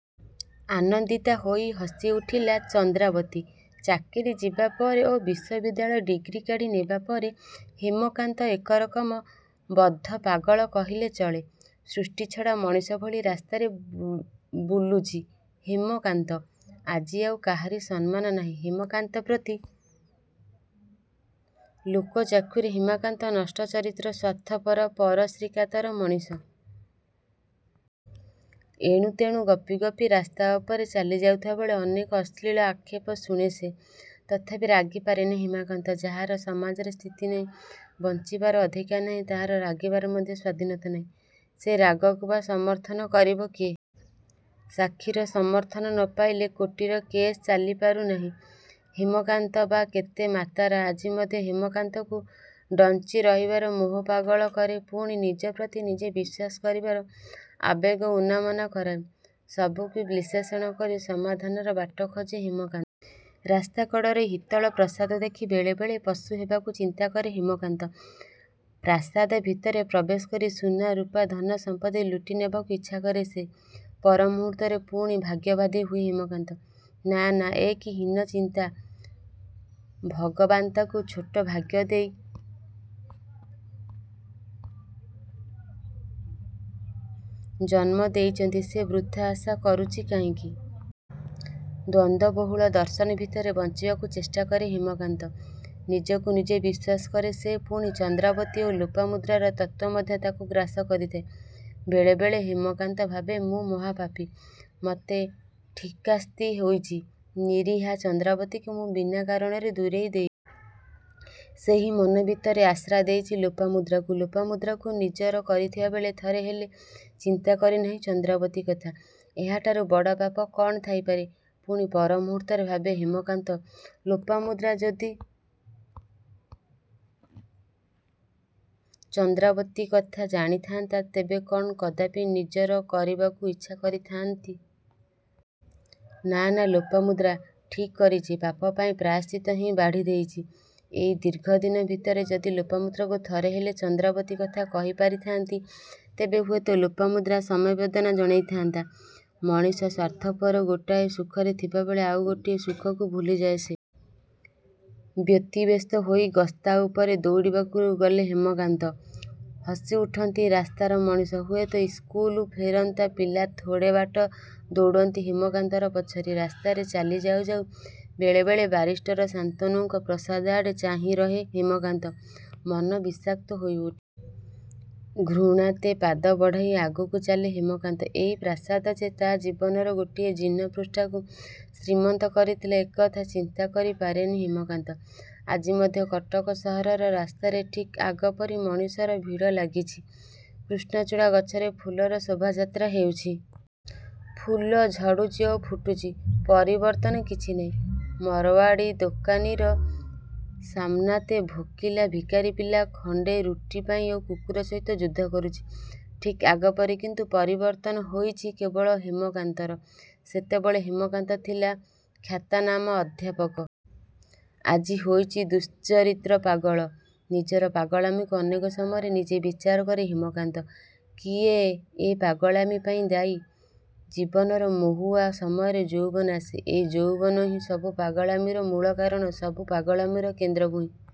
'' ଆନନ୍ଦିତା ହୋଇ ହସିଉଠିଲା ଚନ୍ଦ୍ରାବତୀ। ଚାକିରୀ ଯିବା ପରେ ଓ ବିଶ୍ୱବିଦ୍ୟାଳୟ ଡ଼ିଗ୍ରୀ କାଢ଼ି ନେବାପରେ ହେମକାନ୍ତ ଏକରକମ ବଦ୍ଧପାଗଳ କହିଲେ ଚଳେ। ସୃଷ୍ଟି ଛଡ଼ା ମଣିଷ ଭଳି ରାସ୍ତାରେ ବୁଲୁଛି ହେମକାନ୍ତ। ଆଜି ଆଉ କାହାରି ସମ୍ମାନ ନାହିଁ ହେମକାନ୍ତ ପ୍ରତି। ଲୋକଚକ୍ଷୁରେ ହେମକାନ୍ତ ନଷ୍ଟଚରିତ୍ର, ସ୍ୱାର୍ଥପରପରଶ୍ରୀକାତର ମଣିଷ। ଏଣୁ ତେଣୁ ଗପି ଗପି ରାସ୍ତା ଉପରେ ଚାଲି ଯାଉଥିବାବେଳେ ଅନେକ ଅଶ୍ଳୀଳ ଆକ୍ଷେପ ଶୁଣେ ସେ। ତଥାପି ରାଗି ପାରେନି ହେମକାନ୍ତ। ଯାହାର ସମାଜରେ ସ୍ଥିତି ନାହିଁ ବଞ୍ଚିବାର ଅଧିକାର ନାହିଁ ତାହାର ରାଗିବାର ମଧ୍ୟ ସ୍ୱାଧୀନତା ନାହିଁ। ସେ ରାଗକୁ ବା ସମର୍ଥନ କରିବ କିଏ? ସାକ୍ଷୀର ସମର୍ଥନ ନ ପାଇଲେ କୋର୍ଟରେ କେସ୍ ଚାଲିପାରୁ ନାହିଁ ହେମକାନ୍ତ ବା କେତେ ମାତର। ଆଜି ମଧ୍ୟ ହେମକାନ୍ତକୁ ଡ଼ଞ୍ଚି ରହିବାର ମୋହ ପାଗଳ କରେ ପୁଣି ନିଜ ପ୍ରତି ନିଜେ ବିଶ୍ୱାସ କରିବାର ଆବେଗ ଉନମନା କରାଏ। ସବୁକୁ ବିଶ୍ଳେଷଣ କରି ସମାଧାନର ବାଟ ଖୋଜେ ହେମକାନ୍ତ। ରାସ୍ତାକଡ଼ର ହିତଳ ପ୍ରସାଦ ଦେଖି ବେଳେ ବେଳେ ପଶୁ ହେବାକୁ ଚିନ୍ତାକରେ ହେମକାନ୍ତ। ପ୍ରାସାଦ ଭିତରେ ପ୍ରବେଶ କରି ସୁନା, ରୂପା, ଧନ ସମ୍ପତ୍ତି ଲୁଟି ନେବାକୁ ଇଚ୍ଛାକରେ ସେ। ପରମୁହୂର୍ତ୍ତରେ ପୁଣି ଭାଗ୍ୟବାଦୀ ହୁଏ ହେମକାନ୍ତ। ନାଁ ନାଁ ଏ କି ହୀନ ଚିନ୍ତା ଭଗବାନ୍ତାକୁ ଛୋଟ ଭାଗ୍ୟ ଦେଇ ଜନ୍ମ ଦେଇଛନ୍ତି ସେ ବୃଥା ଆଶା କରୁଛି କାହିଁକି? ଦ୍ୱନ୍ଦବହୁଳ ଦର୍ଶନ ଭିତରେ ବଞ୍ଚିବାକୁ ଚେଷ୍ଟାକରେ ହେମକାନ୍ତ। ନିଜକୁ ନିଜେ ବିଶ୍ୱାସ କରେ ସେ। ପୁଣି ଚନ୍ଦ୍ରାବତୀ ଓ ଲୋପାମୁଦ୍ରାର ତତ୍ୱ ମଧ୍ୟ ତାକୁ ଗ୍ରାସ କରିଥାଏ। ବେଳେ ବେଳେ ହେମକାନ୍ତ ଭାବେ ମୁଁ ମହାପାପୀ। ମୋତେ ଠିକ୍ଶାସ୍ତି ହୋଇଛି। ନିରୀହା ଚନ୍ଦ୍ରାବତୀକୁ ମୁଁ ବିନା କାରଣରେ ଦୂରେଇ ଦେଇଛି। ସେହି ମନ ଭିତରେ ଆଶ୍ରା ଦେଇଛି ଲୋପାମୁଦ୍ରାକୁ। ଲୋପାମୁଦ୍ରାକୁ ନିଜର କରିଥିବାବେଳେ ଥରେ ହେଲେ ଚିନ୍ତା କରିନାହିଁ ଚନ୍ଦ୍ରାବତୀ କଥା। ଏହାଠାରୁ ବଡ଼ ପାପ କ'ଣ ଥାଇପାରେ? ପୁଣି ପର ମୁହୁର୍ତ୍ତରେ ଭାବେ ହେମକାନ୍ତ। ଲୋପାମୁଦ୍ରା ଯଦି ଚନ୍ଦ୍ରାବତୀ କଥା ଜାଣିଥାନ୍ତା ତେବେ କ'ଣ କଦାପି ନିଜର କରିବାକୁ ଉଚ୍ଛା କରିଥାନ୍ତି? ନାଁ ନାଁ ଲୋପାମୁଦ୍ରା ଠିକ୍କରିଛି ପାପପାଇଁ ପ୍ରାୟଶ୍ଚିତ ହିଁ ବାଢି ଦେଇଛି। ଏଇ ଦୀର୍ଘଦିନ ଭିତରେ ଯଦି ଲୋପାମୁଦ୍ରାକୁ ଥରେ ହେଲେ ଚନ୍ଦ୍ରାବତୀ କଥା କହି ପାରିଥାନ୍ତି ତେବେ ହୁଏତ ଲୋପାମୁଦ୍ରା ସମବେଦନା ଜଣାଇଥାନ୍ତା। ମଣିଷ ସ୍ୱାର୍ଥପର। ଗୋଟିଏ ସୁଖରେ ଥିବାବେଳେ ଆଉ ଗୋଟିଏ ସୁଖକୁ ଭୁଲିଯାଏ ସେ। ବ୍ୟତିବ୍ୟସ୍ତ ହୋଇ ଗସ୍ତା ଉପରେ ଦୌଡ଼ିବାକୁ ଲାଗେ ହେମକାନ୍ତ। ହସିଉଠନ୍ତି ରାସ୍ତାର ମଣିଷ। ହୁଏତ ଇସ୍କୁଲ ଫେରନ୍ତା ପିଲା ଥୋଡ଼େ ବାଟ ଦୌଡ଼ନ୍ତି ହେମକାନ୍ତର ପଛରେ। ରାସ୍ତାରେ ଚାଲି ଯାଉ ଯାଉ ବେଳେ ବେଳେ ବାରିଷ୍ଟର ଶାନ୍ତନୁଙ୍କ ପ୍ରାସାଦ ଆଡ଼େ ଚାହିଁରହେ ହେମକାନ୍ତ। ମନ ବିଷାକ୍ତ ହୋଇଉଠେ। ଘୃଣାତେ ପାଦ ବଢ଼ାଇ ଆଗକୁ ଚାଲେ ହେମକାନ୍ତ। ଏଇ ପ୍ରାସାଦ ଯେ ତା' ଜୀବନର ଗୋଟିଏ ଜୀର୍ଣ୍ଣ ପୃଷ୍ଠାକୁ ଶ୍ରୀମନ୍ତ କରିଥିଲା ଏ କଥା ଚିନ୍ତା କରି ପାରେନି ହେମକାନ୍ତ। ଆଜି ମଧ୍ୟ କଟକ ସହରର ରାସ୍ତାରେ ଠିକ୍ଆଗପରି ମଣିଷର ଭିଡ଼ ଲାଗିଛି। କୃଷ୍ଣଚୂଡ଼ା ଗଛରେ ଫୁଲର ଶୋଭାଯାତ୍ରା ହେଉଛି। ଫୁଲ ଝଡ଼ୁଛି ଓ ଫୁଟୁଛି। ପରିବର୍ତ୍ତନ କିଛି ନାହିଁ। ମାରଓ୍ୱାଡ଼ୀ ଦୋକାନୀର ସାମନାତେ ଭୋକିଲା ଭିକାରୀ ପିଲା ଖଣ୍ଡେ ରୁଟି ପାଇଁ କୁକୁର ସହିତ ଯୁଦ୍ଧ କରୁଛି। ଠିକ୍ ଆଗ ପରି। କିନ୍ତୁ ପରିବର୍ତ୍ତନ ହୋଇଛି କେବଳ ହେମକାନ୍ତର। ସେତେବେଳେ ହେମକାନ୍ତ ଥିଲା ଖ୍ୟାତନାମା ଅଧ୍ୟାପକ। ଆଜି ହୋଇଛି ଦୁଃଶ୍ଚରିତ୍ର ପାଗଳ। ନିଜର ପାଗଳାମୀକୁ ଅନେକ ସମୟରେ ନିଜେ ବିଚାର କରେ ହେମକାନ୍ତ। କିଏ ଏ ପାଗଳାମୀ ପାଇଁ ଦାୟୀ? ଜୀବନର ମହୁଆ ସମୟରେ ଯୌବନ ଆସେ। ଏଇ ଯୌବନ ହିଁ ସବୁ ପାଗଳାମୀର ମୂଳ କାରଣ ସବୁ ପାଗଳାମୀର କେନ୍ଦ୍ର ଭୂଇଁ।